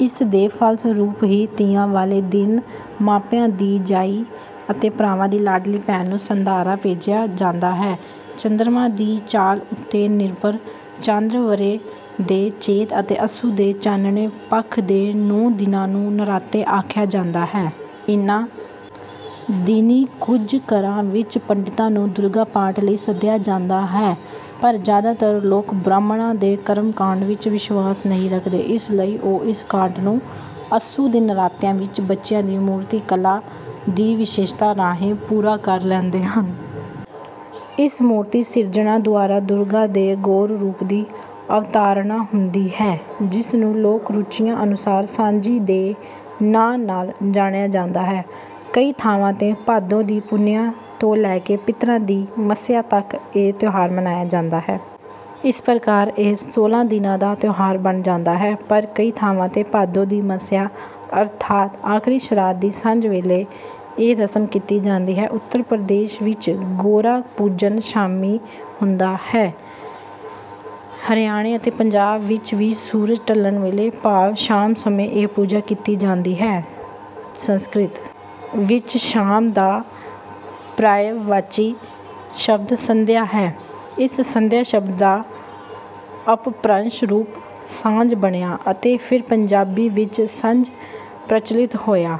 ਇਸ ਦੇ ਫਲਸਰੂਪ ਹੀ ਤੀਆਂ ਵਾਲੇ ਦਿਨ ਮਾਪਿਆਂ ਦੀ ਜਾਈ ਅਤੇ ਭਰਾਵਾਂ ਦੀ ਲਾਡਲੀ ਭੈਣ ਨੂੰ ‘ਸੰਧਾਰਾ’ ਭੇਜਿਆ ਜਾਂਦਾ ਹੈ। ਚੰਦਰਮਾ ਦੀ ਚਾਲ ਉੱਤੇ ਨਿਰਭਰ ਚਾਂਦ੍ਰ ਵਰ੍ਹੇ ਦੇ ਚੇਤ ਅਤੇ ਅੱਸੂ ਦੇ ਚਾਨਣੇ ਪੱਖ ਦੇ ਨੌਂ ਦਿਨਾਂ ਨੂੰ ਨਰਾਤੇ ਆਖਿਆ ਜਾਂਦਾ ਹੈ। ਇਨ੍ਹਾਂ ਦਿਨੀਂ ਕੁਝ ਘਰਾਂ ਵਿੱਚ ਪੰਡਿਤਾਂ ਨੂੰ ਦੁਰਗਾ ਪਾਠ ਲਈ ਸੱਦਿਆ ਜਾਂਦਾ ਹੈ, ਪਰ ਜ਼ਿਆਦਾਤਰ ਲੋਕ ਬ੍ਰਾਹਮਣਾਂ ਦੇ ਕਰਮ-ਕਾਂਡ ਵਿੱਚ ਵਿਸ਼ਵਾਸ ਨਹੀਂ ਰੱਖਦੇ। ਇਸ ਲਈ ਉਹ ਇਸ ਘਾਟ ਨੂੰ ਅੱਸੂ ਦੇ ਨਰਾਤਿਆਂ ਵਿੱਚ ਬੱਚਿਆਂ ਦੀ ਮੂਰਤੀ-ਕਲਾ ਦੀ ਵਿਸ਼ੇਸ਼ਤਾ ਰਾਹੀਂ ਪੂਰਾ ਕਰ ਲੈਂਦੇ ਹਨ। ਇਸ ਮੂਰਤੀ-ਸਿਰਜਣਾ ਦੁਆਰਾ ਦੁਰਗਾ ਦੇ ਗੌਰ ਰੂਪ ਦੀ ਅਵਤਾਰਣਾ ਹੁੰਦੀ ਹੈ, ਜਿਸ ਨੂੰ ਲੋਕ-ਰੁਚੀਆਂ ਅਨੁਸਾਰ ‘ਸਾਂਝੀ’ ਦੇ ਨਾਂ ਨਾਲ ਜਾਣਿਆ ਜਾਂਦਾ ਹੈ। ਕਈ ਥਾਵਾਂ ’ਤੇ ਭਾਦੋਂ ਦੀ ਪੁੰਨਿਆਂ ਤੋਂ ਲੈ ਕੇ ਪਿਤਰਾਂ ਦੀ ਮੱਸਿਆ ਤੱਕ ਇਹ ਤਿਉਹਾਰ ਮਨਾਇਆ ਜਾਂਦਾ ਹੈ। ਇਸ ਪ੍ਰਕਾਰ ਇਹ ਸੋਲ੍ਹਾਂ ਦਿਨਾਂ ਦਾ ਤਿਉਹਾਰ ਬਣ ਜਾਂਦਾ ਹੈ। ਪਰ ਕਈ ਥਾਵਾਂ ’ਤੇ ਭਾਦੋਂ ਦੀ ਮੱਸਿਆ, ਅਰਥਾਤ ਆਖ਼ਰੀ ਸ਼ਰਾਧ ਦੀ ਸੰਝ ਵੇਲੇ, ਇਹ ਰਸਮ ਕੀਤੀ ਜਾਂਦੀ ਹੈ। ਉੱਤਰ ਪ੍ਰਦੇਸ਼ ਵਿੱਚ ਗੌਰਾ-ਪੂਜਨ ਸ਼ਾਮੀਂ ਹੁੰਦਾ ਹੈ ਹਰਿਆਣੇ ਅਤੇ ਪੰਜਾਬ ਵਿੱਚ ਵੀ ਸੂਰਜ ਢਲਣ ਵੇਲੇ, ਭਾਵ ਸ਼ਾਮ ਸਮੇਂ, ਇਹ ਪੂਜਾ ਕੀਤੀ ਜਾਂਦੀ ਹੈ। ਸੰਸਕ੍ਰਿਤ ਵਿੱਚ ‘ਸ਼ਾਮ’ ਦਾ ਪ੍ਰਯਾਇਵਾਚੀ ਸ਼ਬਦ ‘ਸੰਧਿਆ’ ਹੈ। ਇਸ ‘ਸੰਧਿਆ’ ਸ਼ਬਦ ਦਾ ਅਪਭ੍ਰੰਸ਼ ਰੂਪ ‘ਸਾਂਝ’ ਬਣਿਆ ਅਤੇ ਫਿਰ ਪੰਜਾਬੀ ਵਿੱਚ ‘ਸੰਝ’ ਪ੍ਰਚਲਿਤ ਹੋਇਆ।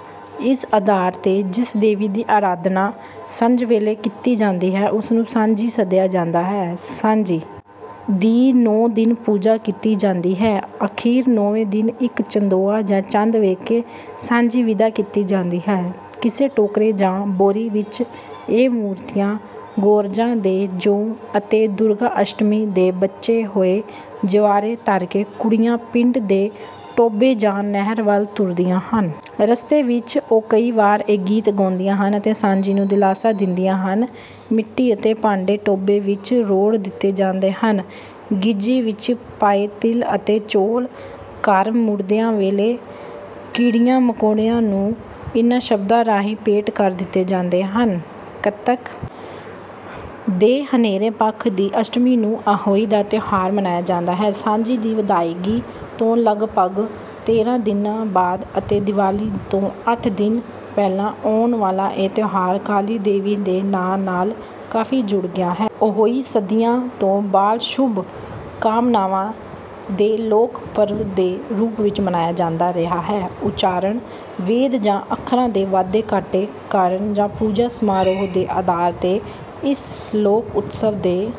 ਇਸ ਆਧਾਰ ’ਤੇ ਜਿਸ ਦੇਵੀ ਦੀ ਅਰਾਧਨਾ ਸੰਝ ਵੇਲੇ ਕੀਤੀ ਜਾਂਦੀ ਹੈ, ਉਸ ਨੂੰ ‘ਸਾਂਝੀ’ ਸੱਦਿਆ ਜਾਂਦਾ ਹੈ। ਸਾਂਝੀ ਦੀ ਨੌਂ ਦਿਨ ਪੂਜਾ ਕੀਤੀ ਜਾਂਦੀ ਹੈ। ਅਖ਼ੀਰ ਨੌਵੇਂ ਦਿਨ ਇੱਕ ਚੰਦੋਆ ਜਾਂ ਚੰਦ ਵੇਖ ਕੇ ‘ਸਾਂਝੀ’ ਵਿਦਾ ਕੀਤੀ ਜਾਂਦੀ ਹੈ। ਕਿਸੇ ਟੋਕਰੇ ਜਾਂ ਬੋਰੀ ਵਿੱਚ ਇਹ ਮੂਰਤੀਆਂ, ਗੋਰਜਾਂ ਦੇ ਜੌਂ ਅਤੇ ਦੁਰਗਾ ਅਸ਼ਟਮੀ ਦੇ ਬਚੇ ਹੋਏ ਜਵਾਰੇ ਧਰ ਕੇ ਕੁੜੀਆਂ ਪਿੰਡ ਦੇ ਟੋਭੇ ਜਾਂ ਨਹਿਰ ਵੱਲ ਤੁਰਦੀਆਂ ਹਨ। ਰਸਤੇ ਵਿੱਚ ਉਹ ਕਈ ਵਾਰ ਇਹ ਗੀਤ ਗਾਉਂਦੀਆਂ ਹਨ ਅਤੇ ਸਾਂਝੀ ਨੂੰ ਦਿਲਾਸਾ ਦਿੰਦੀਆਂ ਹਨ। ਮਿੱਟੀ ਅਤੇ ਭਾਂਡੇ ਟੋਭੇ ਵਿੱਚ ਰੋੜ੍ਹ ਦਿੱਤੇ ਜਾਂਦੇ ਹਨ। ਗੀਝੇ ਵਿੱਚ ਪਾਏ ਤਿਲ ਅਤੇ ਚੌਲ ਘਰ ਮੁੜਦਿਆਂ ਵੇਲੇ ਕੀੜੀਆਂ-ਮਕੌੜਿਆਂ ਨੂੰ ਇਨ੍ਹਾਂ ਸ਼ਬਦਾਂ ਰਾਹੀਂ ਭੇਟ ਕਰ ਦਿੱਤੇ ਜਾਂਦੇ ਹਨ। ਕੱਤਕ ਦੇ ਹਨੇਰੇ ਪੱਖ ਦੀ ਅਸ਼ਟਮੀ ਨੂੰ ‘ਅਹੋਈ’ ਦਾ ਤਿਉਹਾਰ ਮਨਾਇਆ ਜਾਂਦਾ ਹੈ। ਸਾਂਝੀ ਦੀ ਵਿਦਾਇਗੀ ਤੋਂ ਲਗਭਗ ਤੇਰ੍ਹਾਂ ਦਿਨਾਂ ਬਾਅਦ ਅਤੇ ਦੀਵਾਲੀ ਤੋਂ ਅੱਠ ਦਿਨ ਪਹਿਲਾਂ ਆਉਣ ਵਾਲਾ ਇਹ ਤਿਉਹਾਰ ਕਾਲੀ ਦੇਵੀ ਦੇ ਨਾਂ ਨਾਲ ਕਾਫ਼ੀ ਜੁੜ ਗਿਆ ਹੈ। ਅਹੋਈ ਸਦੀਆਂ ਤੋਂ ਬਾਲ-ਸ਼ੁਭ ਕਾਮਨਾਵਾਂ ਦੇ ਲੋਕ-ਪਰਵ ਦੇ ਰੂਪ ਵਿੱਚ ਮਨਾਇਆ ਜਾਂਦਾ ਰਿਹਾ ਹੈ। ਉਚਾਰਣ, ਵੇਦ ਜਾਂ ਅੱਖਰਾਂ ਦੇ ਵਾਧੇ-ਘਾਟੇ ਕਾਰਨ ਜਾਂ ਪੂਜਾ-ਸਮਾਰੋਹ ਦੇ ਆਧਾਰ ’ਤੇ ਇਸ ਲੋਕ-ਉਤਸਵ ਦੇ…